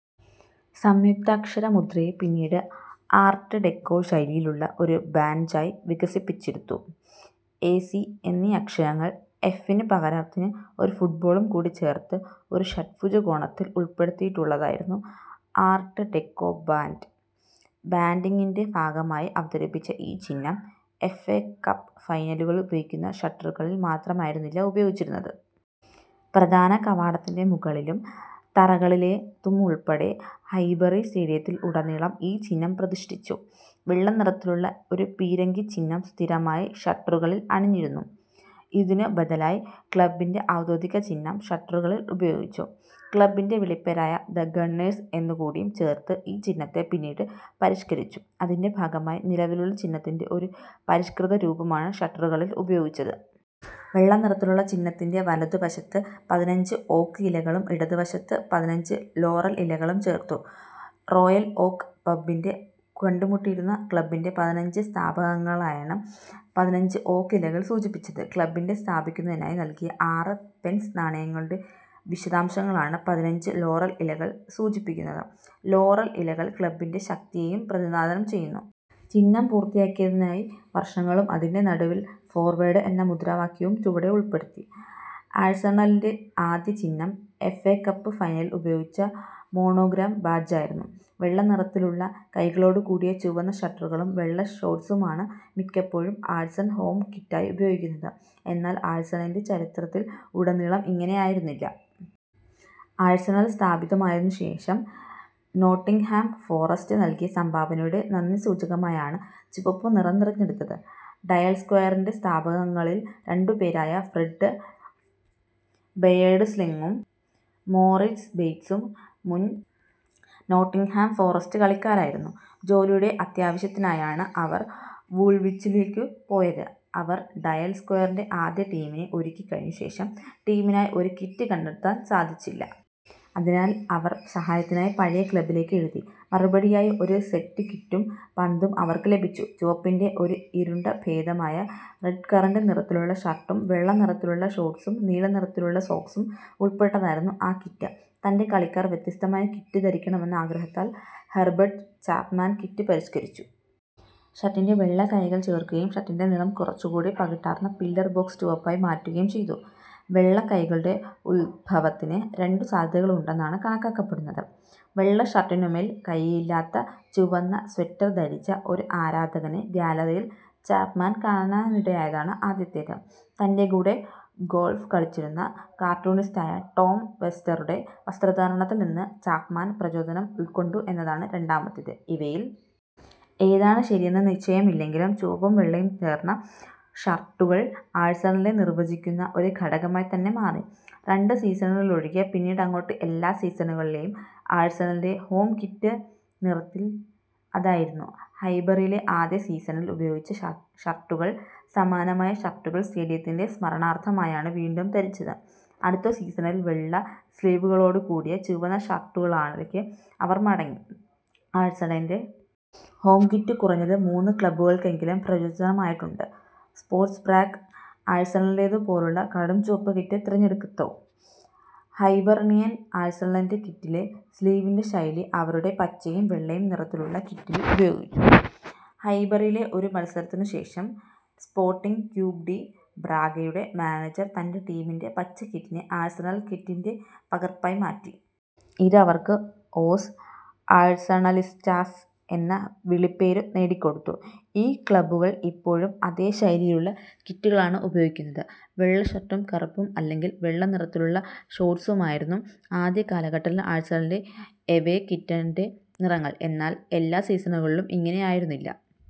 സംയുക്താക്ഷരമുദ്രയെ പിന്നീട് art deco ശൈലിയിലുള്ള ഒരു ബാഡ്ജായി വികസിപ്പിച്ചെടുത്തു. എ, സി എന്നീ അക്ഷരങ്ങളും എഫിന് പകരമായി ഒരു ഫുട്ബോളും കൂടി ചേർത്ത് ഒരു ഷഡ്ഭുജകോണത്തിൽ ഉൾപ്പെടുത്തിയിട്ടുള്ളതായിരുന്നു ആർട്ട് ഡെക്കോ ബാന്റ് ബേന്റിങ്ങിൻ്റെഭാഗമായി അവതരിപ്പിച്ച ഈ ചിഹ്നം എഫ്. എ. കപ്പ് ഫൈനലുകളിൽ ഉപയോഗിക്കുന്ന ഷട്ട്റുകളിൽ മാത്രമായിരുന്നില്ല ഉപയോഗിച്ചിരുന്നത്. പ്രധാനകവാടത്തിൻ്റെമുകളിലും തറകളിലേതുമുൾപ്പെടെ ഹൈബറി സ്റ്റേഡിയത്തിൽ ഉടനീളം ഈ ചിഹ്നം പ്രതിഷ്ഠിച്ചു. വെള്ളനിറത്തിലുള്ള ഒരു പീരങ്കിച്ചിഹ്നം സ്ഥിരമായി ഷട്ട്റുകളിൽ അണിഞ്ഞിരുന്നു. ഇതിനു ബദലായി ക്ലബ്ബിൻ്റെഔദ്യോഗിക ചിഹ്നം ഷട്ട്റുകളിൽ ഉപയോഗിച്ചു. ക്ലബ്ബിൻ്റെവിളിപ്പേരായ ദ ഗണ്ണേഴ്സ് എന്നുകൂടി ചേർത്ത് ഈ ചിഹ്നത്തെ പിന്നീട് പരിഷ്കരിച്ചു. അതിൻ്റെഭാഗമായി നിലവിലുള്ള ചിഹ്നത്തിൻ്റെ ഒരു പരിഷ്കൃതരൂപമാണ് ഷട്ട്റുകളിൽ ഉപയോഗിച്ചത്. വെള്ളനിറത്തിലുള്ള ചിഹ്നത്തിൻ്റെ വലതുവശത്ത് പതിനഞ്ച് ഓക്ക് ഇലകളും ഇടതുവശത്ത് പതിനഞ്ച് ലോറൽ ഇലകളും ചേർത്തു. റോയൽ ഓക്ക് പബ്ബിന്റെ കണ്ടുമുട്ടിയിരുന്ന ക്ലബ്ബിൻ്റെപതിനഞ്ച് സ്ഥാപകാംഗങ്ങളെയാണ് പയിനഞ്ച് ഓക്ക് ഇലകൾ സൂചിപ്പിച്ചത്. ക്ലബ് സ്ഥാപിക്കുന്നതിനായി നൽകിയ ആറ് പെൻസ് നാണയങ്ങളുടെ വിശദാംശങ്ങളാണ് പതിനഞ്ച് ലോറൽ ഇലകൾ സൂചിപ്പിക്കുന്നത്. ലോറൽ ഇലകൾ ക്ലബ്ബിൻ്റെ ശക്തിയെയും പ്രതിനിധാനം ചെയ്യുന്നു. ചിഹ്നം പൂർത്തിയാക്കിയതിനായി വർഷങ്ങളും അതിൻ്റെ നടുവിൽ ഫോർവേഡ് എന്ന മുദ്രാവാക്യവും ചുവടെ ഉൾപ്പെടുത്തി. ആഴ്സണലിൻ്റെ ആദ്യ ചിഹ്നം എഫ്. എ. കപ്പ് ഫൈനൽ ഉപയോഗിച്ച മോണോഗ്രാം ബാഡ്ജായിരുന്നു. വെള്ളനിറത്തിലുള്ള കൈകളോടുകൂടിയ ചുവന്ന ഷർട്ടുകളും വെള്ള ഷോഡ്സുമാണ് മിക്കപ്പോഴും ആഴ്സണൽ ഹോം കിറ്റായി ഉപയോഗിക്കുന്നത്. എന്നാൽ ആഴ്സണലിൻ്റെ ചരിത്രത്തിൽ ഉടനീളം ഇങ്ങനെയായിരുന്നില്ല. ആഴ്സണൽ സ്ഥാപിതമായതിനുശേഷം നോട്ടിങ്ഹാം ഫോറസ്റ്റ് നൽകിയ സംഭാവനയുടെ നന്ദിസൂചകമായാണ് ചുവപ്പുനിറം തിരഞ്ഞെടുത്തത്. ഡയൽ സ്ക്വയറിൻ്റെസ്ഥാപകാംഗങ്ങളിൽ രണ്ടുപേരായ ഫ്രെഡ് ബെയേർഡ്സ്ലിങ്ങും മോറിസ് ബീറ്റ്സും മുൻ നോട്ടിങ്ഹാം ഫോറസ്റ്റ് കളിക്കാരായിരുന്നു. ജോലിയുടെ അത്യാവശ്യത്തിനായാണ് അവർ വൂൾവിച്ചിലേക്ക് പോയത്. അവർ ഡയൽ സ്ക്വയറിൻ്റെആദ്യ ടീമിനെ ഒരുക്കിക്കഴിഞ്ഞ ശേഷവും ടീമിനായി ഒരു കിറ്റ് കണ്ടെത്താൻ സാധിച്ചില്ല. അതിനാൽ അവർ സഹായത്തിനായി പഴയ ക്ലബ്ബിലേക്ക് എഴുതി. മറുപടിയായി ഒരു സെറ്റ് കിറ്റും പന്തും അവർക്ക് ലഭിച്ചു. ചുവപ്പിൻ്റെഒരു ഇരുണ്ട ഭേദമായ റെഡ്കറന്റ് നിറത്തിലുള്ള ഷർട്ടും വെള്ളനിറത്തിലുള്ള ഷോഡ്സും നീലനിറത്തിലുള്ള സോക്സും ഉൾപ്പെട്ടതായിരുന്നു ആ കിറ്റ്. തൻ്റെ കളിക്കാർ വ്യത്യസ്തമായ കിറ്റ് ധരിക്കണമെന്ന ആഗ്രഹത്താൽ ഹെർബർട്ട് ചാപ്മാൻ കിറ്റ് പരിസ്കരിച്ചു. ഷർട്ടിന്റെ വെള്ള കൈകൾ ചേർക്കുകയും ഷർട്ടിൻ്റെനിറം കുറച്ചുകൂടി പകിട്ടാർന്ന പില്ലർ ബോക്സ് ചുവപ്പായി മാറ്റുകയും ചെയ്തു. വെള്ള കൈകളുടെ ഉത്ഭവത്തിന് രണ്ടു സാധ്യതകളുണ്ടെന്നാണ് കണക്കാക്കപ്പെടുന്നത്. വെള്ള ഷർട്ടിനുമേൽ കൈയില്ലാത്ത ചുവന്ന സ്വെറ്റർ ധരിച്ച ഒരു ആരാധകനെ ഗാലറിയിൽ ചാപ്മാൻ കാണാനിടയായതാണ് ആദ്യത്തേത്. തൻ്റെകൂടെ ഗോൾഫ് കളിച്ചിരുന്ന കാർട്ടൂണിസ്റ്റായ ടോം വെബ്സ്റ്ററുടെ വസ്ത്രധാരണത്തിൽനിന്ന് ചാപ്മാൻ പ്രചോദനം ഉൾക്കൊണ്ടു എന്നതാണ് രണ്ടാമത്തേത്. ഇവയിൽ ഏതാണു ശരിയെന്നു നിശ്ചയമില്ലെങ്കിലും ചുവപ്പും വെള്ളയും ചേർന്ന ഷർട്ടുകൾ ആഴ്സണലിനെ നിർവചിക്കുന്ന ഒരു ഘടകമായിത്തന്നെ മാറി. രണ്ടു സീസണുകളിലൊഴികെ പിന്നീടങ്ങോട്ട് എല്ലാ സീസണുകളിലെയും ആഴ്സണലിൻ്റെ ഹോം കിറ്റ് നിറത്തിൽ അതായിരുന്നു. ഹൈബറിയിലെ ആദ്യ സീസണിൽ ഉപയോഗിച്ച ഷ ഷർട്ടുകൾക്കു സമാനമായ ഷർട്ടുകൾ സ്റ്റേഡിയത്തിൻ്റെ സ്മരണാർത്ഥമായാണ് വീണ്ടും ധരിച്ചത്. അടുത്ത സീസണിൽ വെള്ള സ്ലീവുകളോടുകൂടിയ ചുവന്ന ഷർട്ടുകളാലൊക്കെ അവർ മടങ്ങി. ആഴ്സണലിൻ്റെ ഹോം കിറ്റ് കുറഞ്ഞത് മൂന്നു ക്ലബ്ബുകൾക്കെങ്കിലും പ്രചോദനമായിട്ടുണ്ട്. സ്പോഡ്സ് പ്രാഗ് ആഴ്സണലിന്റേതുപോലുള്ള കടുംചുവപ്പ് കിറ്റ് തിരഞ്ഞെടുത്തു. ഹൈബർണിയൻ ആഴ്സണലിൻ്റെ കിറ്റിലെ സ്ലീവിൻ്റെശൈലി അവരുടെ പച്ചയും വെള്ളയും നിറത്തിലുള്ള കിറ്റിൽ ഉപയോഗിച്ചു. ഹൈബറിയിലെ ഒരു മത്സരത്തിനുശേഷം സ്പോട്ടിങ് ക്യൂബ് ഡി ബ്രാഗയുടെ മാനേജർ തൻ്റെടീമിൻ്റെ പച്ച കിറ്റിനെ ആഴ്സണൽ കിറ്റിൻ്റെ പകർപ്പായി മാറ്റി. ഇത് അവർക്ക് ഓസ് ആഴ്സണലിസ്റ്റാസ് എന്ന വിളിപ്പേരു നേടിക്കൊടുത്തു. ഈ ക്ലബ്ബുകൾ ഇപ്പോഴും അതേ ശൈലിയിലുള്ള കിറ്റുകളാണ് ഉപയോഗിക്കുന്നത്. വെള്ള ഷർട്ടും കറുപ്പ് അല്ലെങ്കിൽ വെള്ള നിറത്തിലുള്ള ഷോഡ്സുമായിരുന്നു ആദ്യകാലങ്ങളിൽ ആഴ്സണലിൻ്റെ എവേ കിറ്റിൻ്റെനിറങ്ങൾ. എന്നാൽ എല്ലാ സീസണുകളിലും ഇങ്ങനെയായിരുന്നില്ല.